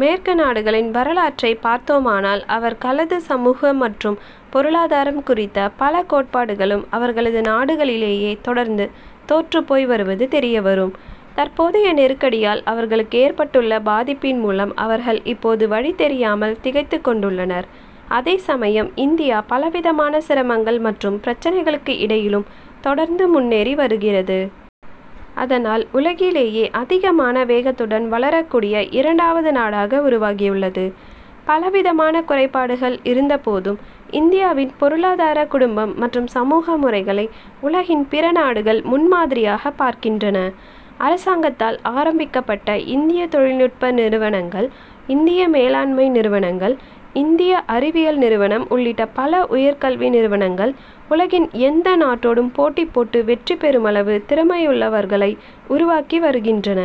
மேற்கு நாடுகளின் வரலாற்றை பார்த்தோமானால் அவர் களது சமூக மற்றும் பொருளாதாரம் குறித்த பல கோட்பாடுகளும் அவர்களது நாடுகளிலேயே தொடர்ந்து தோற்றுப்போய் வருவது தெரியவரும். தற்போதைய நெருக்கடியால் அவர்களுக்கு ஏற்பட்டுள்ள பாதிப்பின் மூலம் அவர்கள் இப்போது வழி தெரியாமல் திகைத்துக் கொண்டுள்ளனர். அதே சமயம் இந்தியா பலவிதமான சிரமங்கள் மற்றும் பிரச்னைகளுக்கு இடையிலும் தொடர்ந்து முன்னேறி வருகிறது. அதனால் உலகிலேயே அதிகமான வேகத்துடன் வளரக்கூடிய இரண்டாவது நாடாக உருவாகியுள்ளது. பலவிதமான குறைபாடுகள் இருந்தபோதும் இந்தியாவின் பொருளாதார குடும்பம் மற்றும் சமூக முறைகளை உலகின் பிற நாடுகள் முன்மாதிரியாக பார்க்கின்றன. அரசாங்கத்தால் ஆரம்பிக்கப்பட்ட இந்திய தொழில்நுட்ப நிறுவனங்கள் இந்திய மேலாண்மை நிறுவனங்கள் இந்திய அறிவியல் நிறுவனம் உள்ளிட்ட பல உயர் கல்வி நிறுவனங்கள் உலகின் எந்த நாட்டோடும் போட்டிபோட்டு வெற்றி பெருமளவு திறமையுள்ளவர்களை உருவாக்கி வருகின்றன.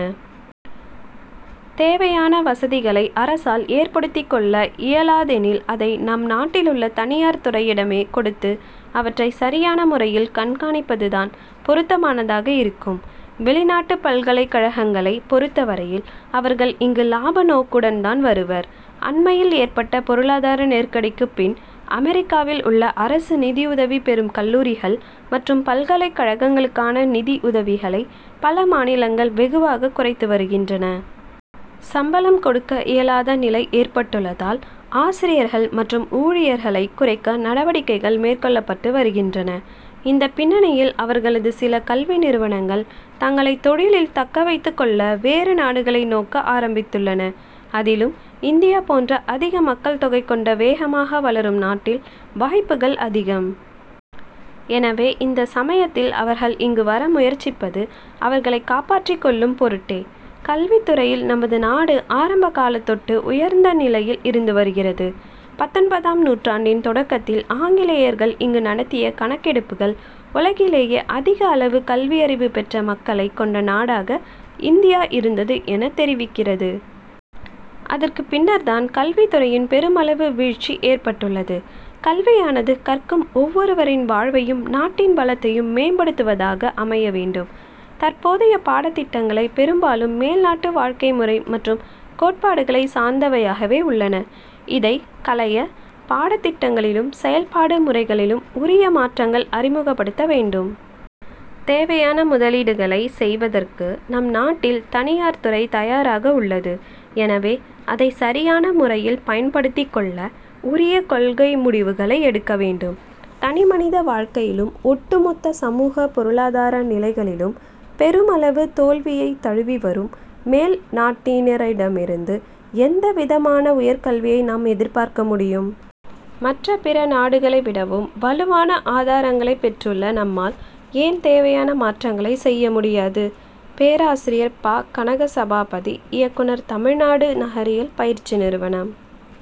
தேவையான வசதிகளை அரசால் ஏற்படுத்திக் கொள்ள இயலாதெனில் அதை நம் நாட்டிலுள்ள தனியார் துறையிடமே கொடுத்து அவற்றை சரியான முறையில் கண்காணிப்பதுதான் பொருத்தமானதாக இருக்கும். வெளிநாட்டுப் பல்கலைக்கழகங்களை பொருத்தவரையில், அவர்கள் இங்கு லாப நோக்கோடுதான் வருவர். அண்மையில் ஏற்பட்ட பொருளாதார நெருக்கடிக்குப் பின் அமெரிக்காவில் உள்ள அரசு நிதிஉதவி பெறும் கல்லூரிகள் மற்றும் பல்கலைக் கழகங்களுக்கான நிதி உதவிகளை பல மாநிலங்கள் வெகுவாகக் குறைத்து வருகின்றன. சம்பளம் கொடுக்க இயலாத நிலை ஏற்பட்டுள்ளதால் ஆசிரியர்கள் மற்றும் ஊழியர்களைக் குறைக்க நடவடிக்கைகள் மேற்கொள்ளப்பட்டு வருகின்றன. இந்தப் பின்னணியில் அவர்களது சில கல்வி நிறுவனங்கள் தங்களைத் தொழிலில் தக்கவைத்துக் கொள்ள வேறு நாடுகளை நோக்க ஆரம்பித்துள்ளன. அதிலும் இந்தியா போன்ற அதிக மக்கள் தொகை கொண்ட வேகமாக வளரும் நாட்டில் வாய்ப்புகள் அதிகம். எனவே, இந்த சமயத்தில் அவர்கள் இங்கு வர முயற்சிப்பது அவர்களைக் காப்பாற்றிக் கொள்ளும் பொருட்டே. கல்வித் துறையில் நமது நாடு ஆரம்ப காலத்தொட்டு உயர்ந்த நிலையில் இருந்து வருகிறது. பத்தொன்பதாம் நூற்றாண்டின் தொடக்கத்தில் ஆங்கிலேயர்கள் இங்கு நடத்திய கணக்கெடுப்புகள் உலகிலேயே அதிக அளவு கல்வியறிவு பெற்ற மக்களைக் கொண்ட நாடாக இந்தியா இருந்தது எனத் தெரிவிக்கிறது. அதற்குப் பின்னர்தான் கல்வித்துறையின் பெருமளவு வீழ்ச்சி ஏற்பட்டுள்ளது. கல்வியானது கற்கும் ஒவ்வொருவரின் வாழ்வையும் நாட்டின் வளத்தையும் மேம்படுத்துவதாக அமைய வேண்டும். தற்போதைய பாடத்திட்டங்களை பெரும்பாலும் மேல்நாட்டு வாழ்க்கை முறை மற்றும் கோட்பாடுகளை சார்ந்தவையாகவே உள்ளன. இதைக் களைய பாடத்திட்டங்களிலும் செயல்பாடு முறைகளிலும் உரிய மாற்றங்களை அறிமுகப்படுத்த வேண்டும். தேவையான முதலீடுகளை செய்வதற்கு நம் நாட்டில் தனியார் துறை தயாராக உள்ளது. எனவே, அதை சரியான முறையில் பயன்படுத்திக் கொள்ள உரிய கொள்கை முடிவுகளை எடுக்க வேண்டும். தனிமனித வாழ்க்கையிலும் ஒட்டுமொத்த சமூக பொருளாதார நிலைகளிலும் பெருமளவு தோல்வியை தழுவி வரும் மேல் நாட்டினரிடமிருந்து எந்த விதமான உயர்கல்வியை நாம் எதிர்பார்க்க முடியும்? மற்ற பிற நாடுகளை விடவும் வலுவான ஆதாரங்களைப் பெற்றுள்ள நம்மால் ஏன் தேவையான மாற்றங்களை செய்ய முடியாது? பேராசிரியர் ப. கனகசபாபதி இயக்குனர் தமிழ்நாடு நகரியல் பயிற்சி நிறுவனம்.